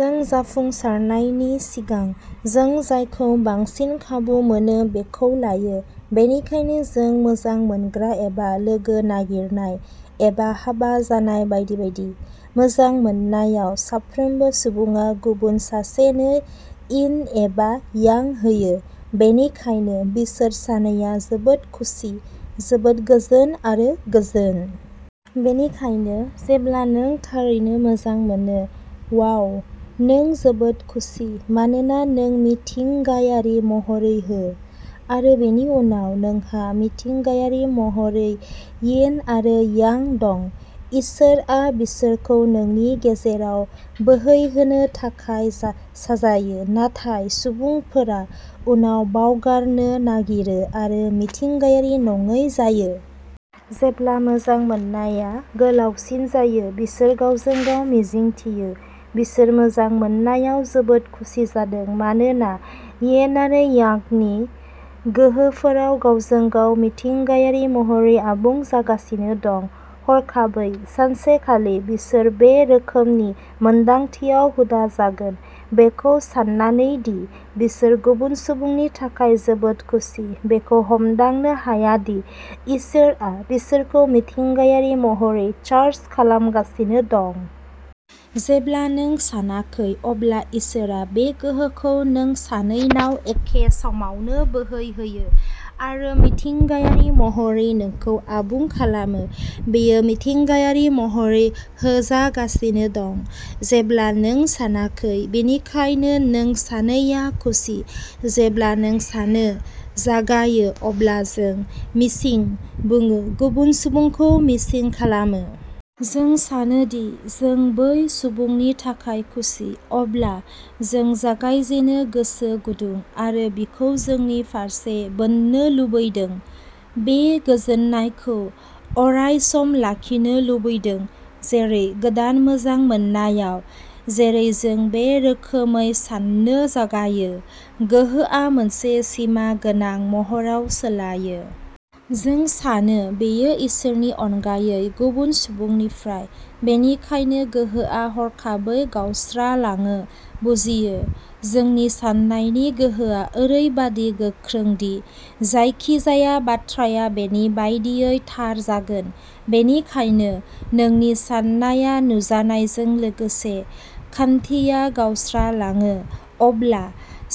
जों जाफुंसारनायनि सिगां, जों जायखौ बांसिन खाबु मोनो बेखौ लायो। बेनिखायनो, जों मोजां मोनग्रा एबा लोगो नागिरनाय, एबा हाबा जानाय बायदि बायदि। मोजां मोननायाव, साफ्रोमबो सुबुङा गुबुन सासेनो यिन एबा यां होयो। बेनिखायनो, बिसोर सानैया जोबोद खुसि, जोबोद गोजोन आरो गोजोन। बेनिखायनो, जेब्ला नों थारैनो मोजां मोनो, वाव! नों जोबोद खुसि, मानोना नों मिथिंगायारि महरै हो, आरो बेनि उनाव नोंहा मिथिंगायारि महरै यिन आरो यांग दं। इसोरआ बिसोरखौ नोंनि गेजेराव बोहैहोनो थाखाय साजायो। नाथाय, सुबुंफोरा उनाव बावगारनो नागिरो, आरो मिथिंगायारि नङै जायो। जेब्ला मोजां मोननाया गोलावसिन जायो, बिसोर गावजों गाव मिजिंथियो! बिसोर मोजां मोननायाव जोबोद खुसि जादों मानोना यिन आरो यांगनि गोहोफोरा गावजों गाव मिथिंगायारि महरै आबुं जागासिनो दं। हरखाबै, सानसेखालि, बिसोर बे रोखोमनि मोनदांथियाव हुदा जागोन, बेखौ सान्नानै दि बिसोर गुबुन सुबुंनि थाखाय जोबोद खुसि, बेखौ हमदांनो हाया दि इसोरआ बिसोरखौ मिथिंगायारि महरै चार्ज खालामगासिनो दं। जेब्ला नों सानाखै, अब्ला इसोरआ बे गोहोखौ नों सानैनाव एखे समावनो बोहैहोयो आरो मिथिंगायारि महरै नोंखौ आबुं खालामो। बेयो मिथिंगायारि महरै होजागासिनो दं जेब्ला नों सानाखै। बेनिखायनो नों सानैया खुसि। जेब्ला नों सान्नो जागायो, अब्ला जों "मिसिं" बुङो, गुबुन सुबुंखौ मिसिं खालामो। जों सानो दि जों बै सुबुंनि थाखाय खुसि। अब्ला, जों जागायजेनो गोसो गुदुं, आरो बिखौ जोंनि फारसे बोननो लुबैदों, बे गोजोननायखौ अरायसम लाखिनो लुबैदों, जेरै गोदान मोजां मोननायाव। जेरै जों बे रोखोमै साननो जागायो, गोहोआ मोनसे सिमा गोनां महराव सोलायो। जों सानो बेयो इसोरनि अनगायै गुबुन सुबुंनिफ्राय। बेनिखायनो गोहोआ हरखाबै गावस्रालाङो, बुजियो? जोंनि साननायनि गोहोआ ओरैबादि गोख्रों दि जायखिजाया बाथ्राया बेनि बायदियै थार जागोन। बेनिखायनो, नोंनि साननाया नुजानायजों लोगोसे, खान्थिया गावस्रालाङो। अब्ला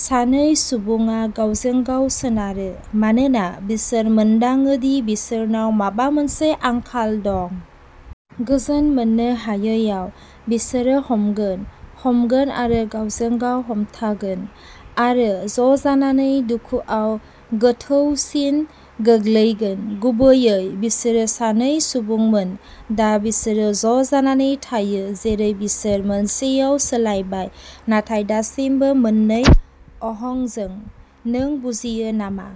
सानै सुबुङा गावजों गाव सोनारो, मानोना बिसोर मोनदाङो दि बिसोरनाव माबा मोनसे आंखाल दं! गोजोन मोननो हायैयाव, बिसोरो हमगोन, हमगोन आरो गावजों गाव हमथागोन, आरो ज'जानानै दुखुआव गोथौसिन गोग्लैगोन। गुबैयै, बिसोरो सानै सुबुंमोन, दा बिसोरो ज'जानानै थायो जेरै बिसोर मोनसेयाव सोलायबाय, नाथाय दासिमबो मोननै अहंजों। नों बुजियो नामा?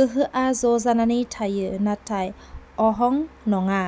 गोहोआ ज'जानानै थायो, नाथाय अहं नङा!